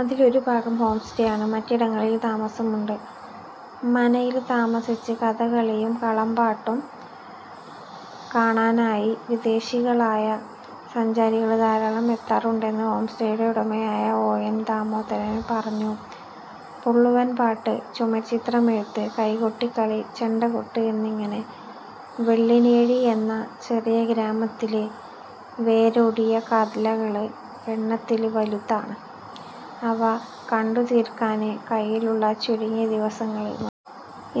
അതില് ഒരു ഭാഗം ഹോംസ്റ്റേ ആണ്. മറ്റിടങ്ങളില് താമസമുണ്ട്. മനയില് താമസിച്ച് കഥകളിയും കളംപാട്ടും കാണാനായി വിദേശികളായ സഞ്ചാരികള് ധാരാളം എത്താറുണ്ടെന്ന് ഹോംസ്റ്റേയുടെ ഉടമയായ ഒ. എന്. ദാമോദരന് പറഞ്ഞു. പുള്ളുവന്പാട്ട്, ചുമര്ച്ചിത്രമെഴുത്ത്, കൈകൊട്ടിക്കളി, ചെണ്ടകൊട്ട് എന്നിങ്ങനെ വെള്ളിനേഴിയെന്ന ചെറിയ ഗ്രാമത്തില് വേരോടിയ കലകള് എണ്ണത്തില് വലുതാണ്. അവ കണ്ടുതീര്ക്കാന് കയ്യിലുള്ള ചുരുങ്ങിയ ദിവസങ്ങള് മ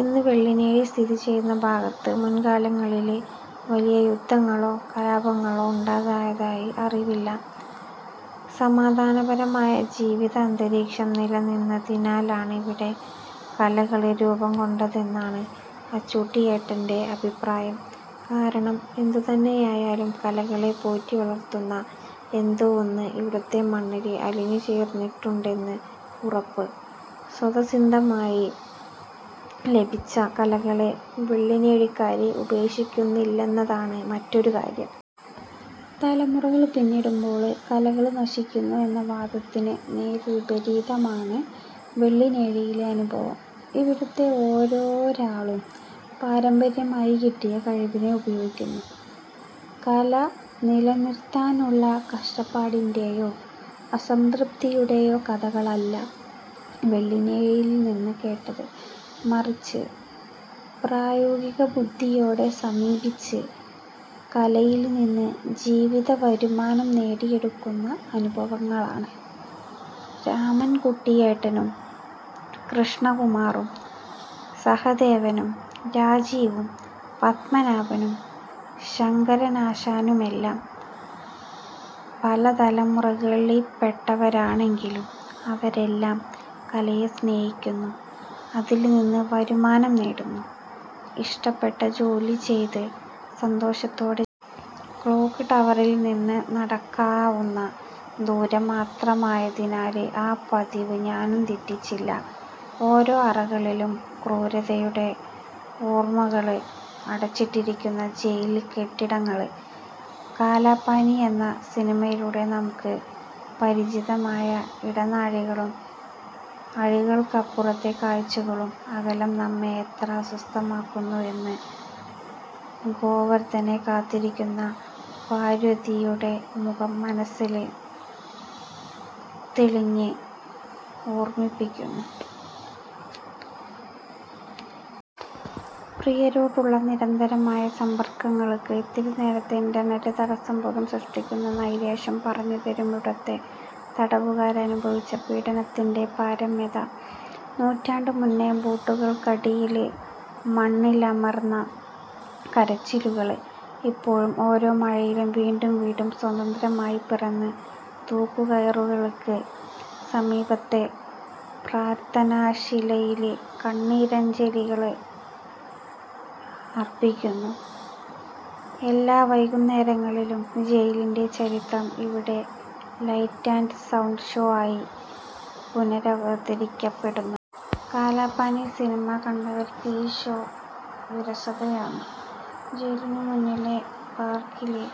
ഇന്ന് വെള്ളിനേഴി സ്ഥിതിചെയ്യുന്ന ഭാഗത്ത് മുന്കാലങ്ങളില് വലിയ യുദ്ധങ്ങളോ കലാപങ്ങളോ ഉണ്ടായതായി അറിവില്ല. സമാധാനപരമായ ജീവിതഅന്തരീക്ഷം നിലനിന്നതിനാലാണ് ഇവിടെ കലകള് രൂപംകൊണ്ടതെന്നാണ് അച്ചൂട്ടിയേട്ടന്റെ അഭിപ്രായം. കാരണം എന്തുതന്നെയായാലും കലകളെ പോറ്റിവളര്ത്തുന്ന എന്തോ ഒന്ന് ഇവിടുത്തെ മണ്ണില് അലിഞ്ഞുചേര്ന്നിട്ടുണ്ടെന്ന് ഉറപ്പ്. സ്വതസിദ്ധമായി ലഭിച്ച കലകളെ വെളളിനേഴിക്കാര് ഉപേക്ഷിക്കുന്നില്ലെന്നതാണ് മറ്റൊരു കാര്യം. തലമുറകള് പിന്നിടുമ്പോള് കലകള് നശിക്കുന്നു എന്ന വാദത്തിന് നേര്വിപരീതമാണ് വെള്ളിനേഴിയിലെ അനുഭവം. ഇവിടുത്തെ ഓരോരാളും പാരമ്പര്യമായി കിട്ടിയ കഴിവിനെ ഉപയോഗിക്കുന്നു. കല നിലനിര്ത്താനുള്ള കഷ്ടപ്പാടിന്റെയോ അസംതൃപ്തിയുടെയോ കഥകളല്ല വെള്ളിനേഴിയില്നിന്ന് കേട്ടത്. മറിച്ച് പ്രായോഗികബുദ്ധിയോടെ സമീപിച്ച് കലയില്നിന്ന് ജീവിതവരുമാനം നേടിയെടുക്കുന്ന അനുഭവങ്ങളാണ്. രാമന്കുട്ടിയേട്ടനും കൃഷ്ണകുമാറും സഹദേവനും രാജീവും പത്മനാഭനും ശങ്കരനാശാനുമെല്ലാം പലതലമുറകളിപ്പെട്ടവരാണെങ്കിലും അവരെല്ലാം കലയെ സ്നേഹിക്കുന്നു, അതില്നിന്ന് വരുമാനം നേടുന്നു, ഇഷ്ടപ്പെട്ട ജോലി ചെയ്ത് സന്തോഷത്തോടെ ക്ലോക്ക് ടവറില്നിന്ന് നടക്കാവുന്ന ദൂരം മാത്രമായതിനാല് ആ പതിവ് ഞാനും തെറ്റിച്ചില്ല. ഓരോ അറകളിലും ക്രൂരതയുടെ ഓര്മകള് അടച്ചിട്ടിരിക്കുന്ന ജയില്കെട്ടിടങ്ങള്. കാലാപാനി എന്ന സിനിമയിലൂടെ നമുക്ക് പരിചിതമായ ഇടനാഴികളും അഴികള്ക്കപ്പുറത്തെ കാഴ്ചകളും. അകലം നമ്മെ എത്ര അസ്വസ്ഥമാക്കുന്നു എന്ന് ഗോവര്ധനെ കാത്തിരിക്കുന്ന പാര്വതിയുടെ മുഖം മനസ്സില് തെളിഞ്ഞ് ഓര്മിപ്പിക്കുന്നു. പ്രിയരോടുള്ള നിരന്തരമായ സമ്പര്ക്കങ്ങള്ക്ക് ഇത്തിരിനേരത്തെ ഇന്റര്നെറ്റ് തടസ്സംപോലും സൃഷ്ടിക്കുന്ന നൈരാശ്യം പറഞ്ഞുതരും ഇവിടുത്തെ തടവുകാര് അനുഭവിച്ച പീഡനത്തിന്റെ പാരമ്യത. നൂറ്റാണ്ട് മുന്നെ ബൂട്ടുകള്ക്കടിയില് മണ്ണിലമര്ന്ന കരച്ചിലുകള് ഇപ്പോഴും ഓരോ മഴയിലും വീണ്ടും വീണ്ടും സ്വതന്ത്രമായി പിറന്ന്, തൂക്കുകയറുകള്ക്ക് സമീപത്തെ പ്രാര്ഥനാശിലയില് കണ്ണീരഞ്ജലികള് അര്പ്പിക്കുന്നു. എല്ലാ വൈകുന്നേരങ്ങളിലും ജയിലിന്റെ ചരിത്രം ഇവിടെ ലൈറ്റ് ആന്ഡ് സൗണ്ട് ഷോ ആയി പുനരവതരിക്കപ്പെടുന്നു കാലാപാനി സിനിമ കണ്ടവര്ക്ക് ഈ ഷോ വിരസതയാണ്. ജയിലിനു മുന്നിലെ പാര്ക്കില്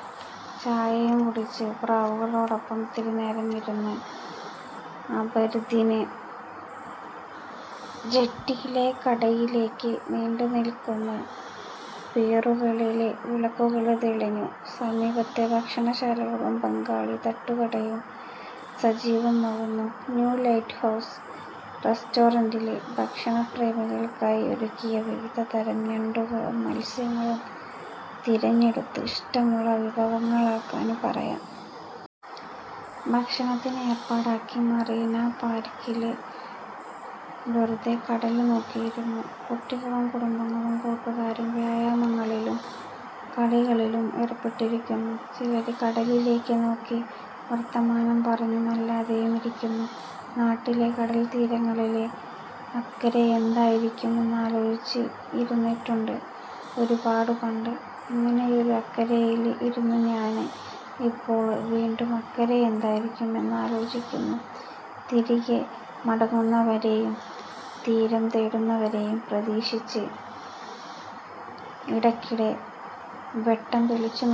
ചായയും കുടിച്ച് പ്രാവുകളോടൊപ്പം ഇത്തിരിനേരം ഇരുന്നു. അബര്ദിന് ജെട്ടിയിലെ കടയിലേക്ക് നീണ്ടുനില്ക്കുന്ന പിയറുകളില് വിളക്കുകള് തെളിഞ്ഞു. സമീപത്തെ ഭക്ഷണശാലകളും ബംഗാളി തട്ടുകടയും സജീവമാകുന്നു. 'ന്യൂ ലൈറ്റ്ഹൗസ് റെസ്റ്റോറന്റില്' ഭക്ഷണപ്രേമികള്ക്കായി ഒരുക്കിയ വിവിധതരം ഞണ്ടുകളും മത്സ്യങ്ങളും തിരഞ്ഞെടുത്ത് ഇഷ്ടമുള്ള വിഭവങ്ങളാക്കാന് പറയാം. ഭക്ഷണത്തിന് ഏര്പ്പാടാക്കി മറീന പാര്ക്കില് വെറുതെ കടല് നോക്കിയിരുന്നു. കുട്ടികളും കുടുംബങ്ങളും കൂട്ടുകാരും വ്യായാമങ്ങളിലും കളികളിലും ഏര്പ്പെട്ടിരിക്കുന്നു. ചിലര് കടലിലേക്ക് നോക്കി വര്ത്തമാനം പറഞ്ഞും അല്ലാതെയും ഇരിക്കുന്നു. നാട്ടിലെ കടല്ത്തീരങ്ങളില് അക്കരെയെന്തായിരിക്കും എന്നാലോചിച്ച് ഇരുന്നിട്ടുണ്ട് ഒരുപാട് പണ്ട്. അങ്ങനെയൊരു അക്കരെയില് ഇരുന്നു ഞാന് ഇപ്പോള് വീണ്ടും അക്കരെ എന്തായിരിക്കും എന്നാലോചിക്കുന്നു. തിരികെ മടങ്ങുന്നവരെയും തീരം തേടുന്നവരെയും പ്രതീക്ഷിച്ച്, ഇടയ്ക്കിടെ വെട്ടം തെളിച്ചുനോക്കുന്നുണ്ട്